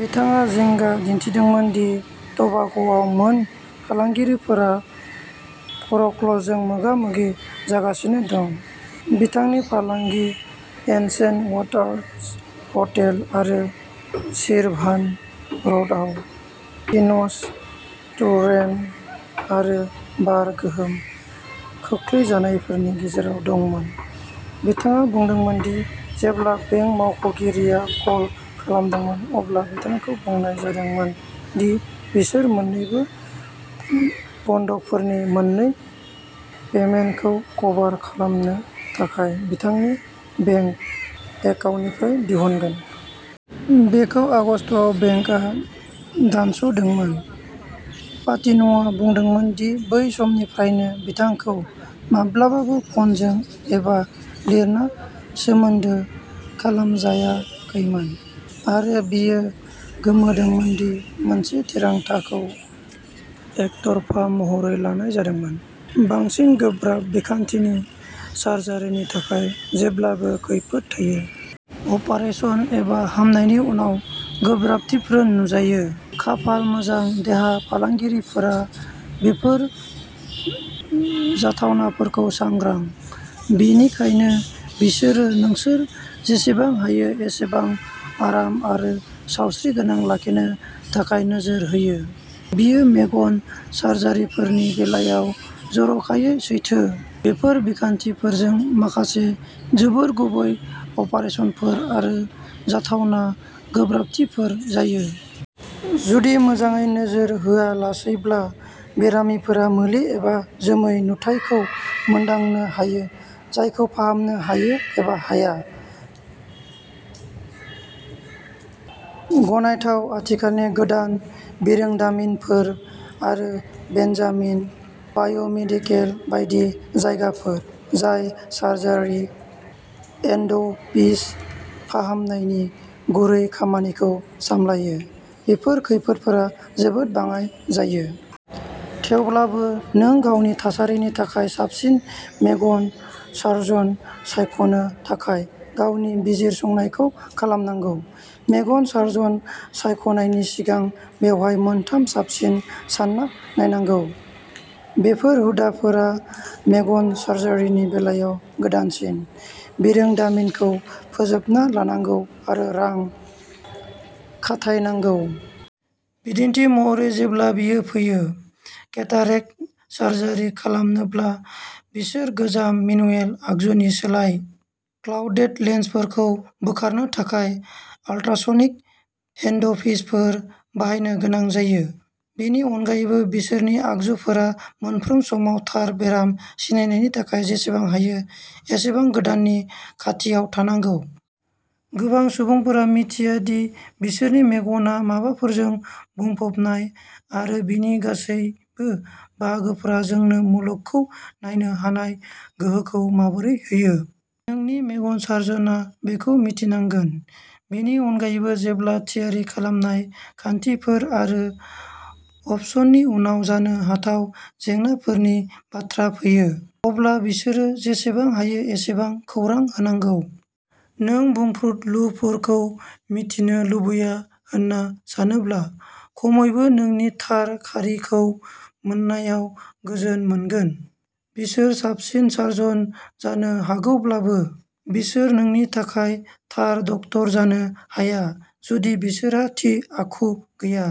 बिथाङा जिंगा दिन्थिदोंमोन दि ट'बाग'आव मोन फालांगिफोरा फ'रक्ल'सर्जों मोगा-मोगि जागासिनो दं। बिथांनि फालांगि, एनचेन्टेड वाटार्स हटेल आरो शिरभान र'डआव पेटिन'स रेस्टुरेन्ट आरो बारआ गोहोम खोख्लैजानायफोरनि गेजेराव दंमोन। बिथाङा बुंदोंमोन दि जेब्ला बेंक मावख'गिरिआ कल खालामदोंमोन अब्ला बिथांखौ बुंनाय जादोंमोन दि बिसोर मोन्नैबो बन्दकफोरनि मोननै पेमेन्टखौ कभार खालामनो थाखाय बिथांनि बेंक एकाउन्टनिफ्राय दिहुनगोन। बेखौ आगस्तआव बेंकआ दानस'दोंमोन। पाटिन'आ बुंदोंमोन दि बै समनिफ्रायनो बिथांखौ "माब्लाबाबो फ'नजों एबा लिरना सोमोन्दो खालामजायाखैमोन" आरो बियो गोमोदोंमोन दि मोनसे थिरांथाखौ "एकतरफा महरै लानाय जादोंमोन"। बांसिन गोब्राब बिखान्थि, सार्जारिनि थाखाय जेब्लाबो खैफोद थायो। अपारेसन एबा हामनायनि समाव गोब्राबथिफोर नुजायो। खाफाल मोजां, देहा फाहामगिरिफोरा बेफोर जाथावनाफोरखौ सांग्रां, बेनिखायनो बिसोरो नोंखौ जेसेबां हायो एसेबां आराम आरो सावस्रिगोनां लाखिनो थाखाय नोजोर होयो। बेयो मेगन सार्जारिफोरनि बेलायाव जर'खायै सैथो। बेफोर बिखान्थिफोरजों माखासे जोबोर गुरै अपारेसनफोर आरो जाथावना गोब्राबथिफोर जायो। जुदि मोजाङै नोजोर होआलासैब्ला, बेरामिफोरा मोले एबा जोमै नुथायखौ मोनदांनो हायो जायखौ फाहामनो हायो एबा हाया। गनायथाव, आथिखालनि गोदान बिरोंदामिनफोर आरो बेनजामिन बायोमेडिकेल बायदि जायगाफोर जाय सार्जारि हेन्डपिस फाहामनायनि गुरै खामानिखौ सामलायो, बेफोर खैफोदफोरा जोबोद बाङाइ जायो। थेवब्लाबो, नों गावनि थासारिनि थाखाय साबसिन मेगन सार्जन सायख'नो थाखाय गावनि बिजिरसंनायखौ खालामनांगौ। मेगन सार्जन सायख'नायनि सिगां बेवहाय मोनथाम साबसिन सान्ना नायनांगौ। बेफोर हुदाफोरा मेगन सार्जारिनि बेलायाव गोदानसिन बिरोंदामिनखौ बोजबना लानांगौ आरो रां खाथायनांगौ। बिदिन्थि महरै, जेब्ला बेयो फैयो। केटारेक्ट सार्जारि खालामनोब्ला, बिसोर गोजाम मेनुएल आगजुनि सोलाय क्लाउडेड लेन्सफोरखौ बोखारनो थाखाय आल्ट्रासनिक हेन्डपिसफोर बाहायनो गोनां जायो। बेनि अनगायैबो, बिसोरनि आगजुफोरा मोनफ्रोम समाव थार बेराम सिनायनायनि थाखाय जेसेबां हायो एसेबां गोदाननि खाथियाव थानांगौ। गोबां सुबुंफोरा मिथिया दि बिसोरनि मेगना माफोरजों बुंफबनाय आरो बेनि गासैबो बाहागोफोरा जोंनो मुलुगखौ नायनो हानाय गोहोखौ माबोरै होयो। नोंनि मेगन सार्जनआ बेखौ मिन्थिनांगोन। बेनि अनगायैबो, जेब्ला थियारि खालामनाय, खान्थिफोर आरो अपसननि उनाव जानो हाथाव जेंनाफोरनि बाथ्रा फैयो, अब्ला बिसोरो जेसेबां हायो एसेबां खौरां होनांगौ। नों बुंफ्रुदलुफोरखौ मिथिनो लुबैया होनना सानोब्ला, खमैबो नोंनि थार खारिखौ मोननायाव गोजोन मोनगोन। बिसोर साबसिन सार्जन जानो हागौब्लाबो, बिसोर नोंनि थाखाय थार डक्टर जानो हाया जुदि बिसोरहा थि आखु गैया।